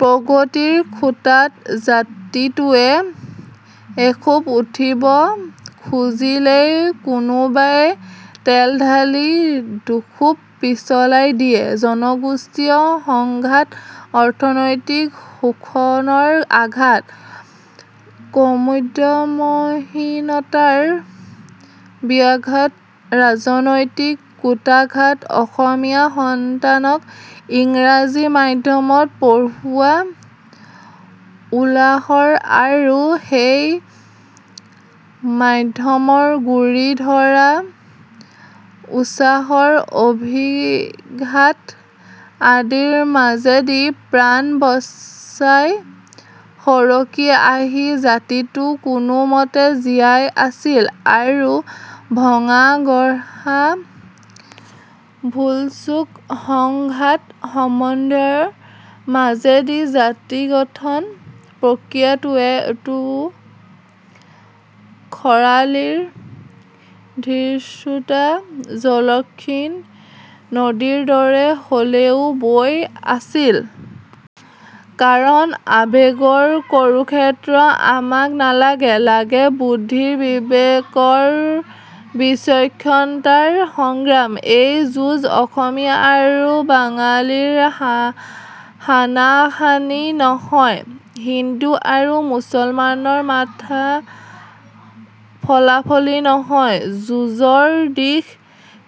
প্ৰগতিৰ খুঁটাত জাতিটোৱে এখোপ উঠিব খুজিলেই কোনোবাই তেল ঢালি দুখোপ পিছলাই দিয়ে। জনগোষ্ঠীয় সংঘাত অৰ্থনৈতিক শোষণৰ আঘাত কৰ্মোদ্যমহীনতাৰ ব্যাঘাত ৰাজনৈতিক কূটাঘাত অসমীয়া সন্তানক ইংৰাজী মাধ্যমত পঢ়ুওৱা উলাহৰ আৰু সেই মাধ্যমৰ গুৰি ধৰা উছাহৰ অভিঘাত আদিৰ মাজেদি প্ৰাণ বচাই সৰকি আহি জাতিটো কোনোমতে জীয়াই আছিল আৰু ভঙাগঢ়া ভুলচুক সংঘাত সমন্বয়ৰ মাজেদি জাতিগঠন প্ৰক্ৰিয়াটোৱো খৰালিৰ ধীৰস্ৰোতা জলক্ষীণ নদীৰ দৰে হলেও বৈ আছিল। কাৰণ আৱেগৰ কৰুক্ষেত্ৰ আমাক নালাগে লাগে বুদ্ধিৰ বিবেকৰ বিচক্ষণতাৰ সংগ্ৰাম। এই যুঁজ অসমীয়া আৰু বাঙালীৰ হা হানাহানি নহয় হিন্দু আৰু মুছলমানৰ মাথা ফলাফলি নহয়। যুঁজৰ দিশ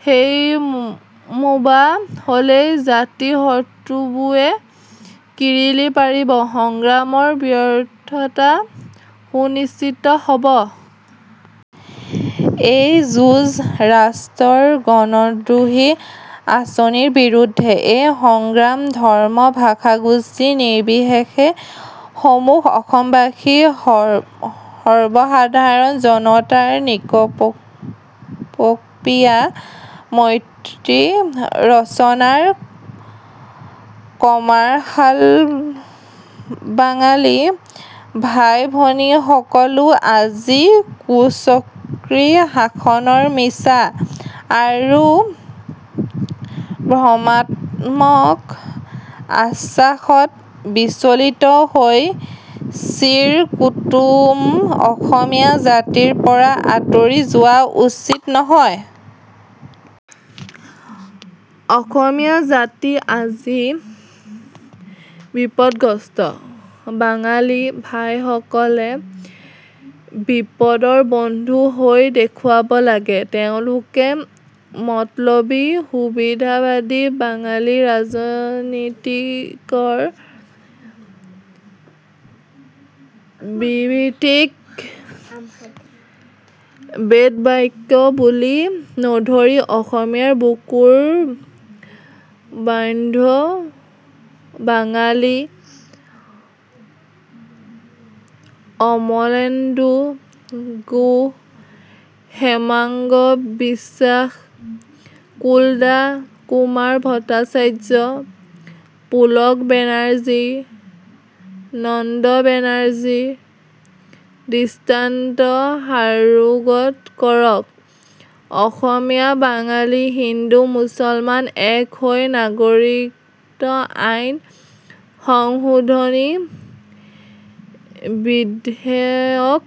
সেইমুৱা হলেই জাতিশত্ৰুৱুৱে কিৰিলি পাৰিব সংগ্ৰামৰ ব্যৰ্থতা সুনিশ্চিত হব। এই যুঁজ ৰাষ্ট্ৰৰ গণদ্ৰোহী আঁচনিৰ বিৰুদ্ধে এই সংগ্ৰাম ধৰ্মভাষাগোষ্ঠী নিৰ্বিশেষে সমূহ অসমবাসী সৰ্বসাধাৰণ জনতাৰ নিকপকপীয়া মৈত্ৰী ৰচনাৰ কমাৰশালবাঙালী ভাইভনীসকলো আজি কুচক্ৰী শাসকৰ মিছা আৰু ভ্ৰমাত্মক আশ্বাসত বিচলিত হৈ চিৰকুটুম অসমীয়া জাতিৰ পৰা আঁতৰি যোৱা উচিত নহয়। অসমীয়া জাতি আজি বিপদগ্ৰস্ত, বাঙালী ভাইসকলে বিপদৰ বন্ধু হৈ দেখুৱাব লাগে। তেওঁলোকে মতলবী সুবিধাবাদী বাঙালী ৰাজনীতিকৰ বিবিতিক বেদবাক্য বুলি নধৰি অসমীয়াৰ বুকুৰ বান্ধৈ বাঙালী অমলেন্দু গুহ, হেমাংগ বিশ্বাস, কুলদা কুমাৰ ভট্টাচাৰ্য, পুলক বেনাৰ্জী, নন্দ বেনাৰ্জীৰ দৃষ্টান্ত সাৰোগত কৰক অসমীয়া, বাঙালী হিন্দু-মুছলমান এক হৈ নাগৰিকত্ আইন সংশোধনী বিধেয়ক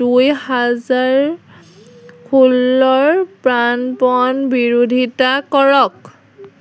দুই হাজাৰ ষোল্ল ৰ প্ৰাণপণ বিৰোধিতা কৰক।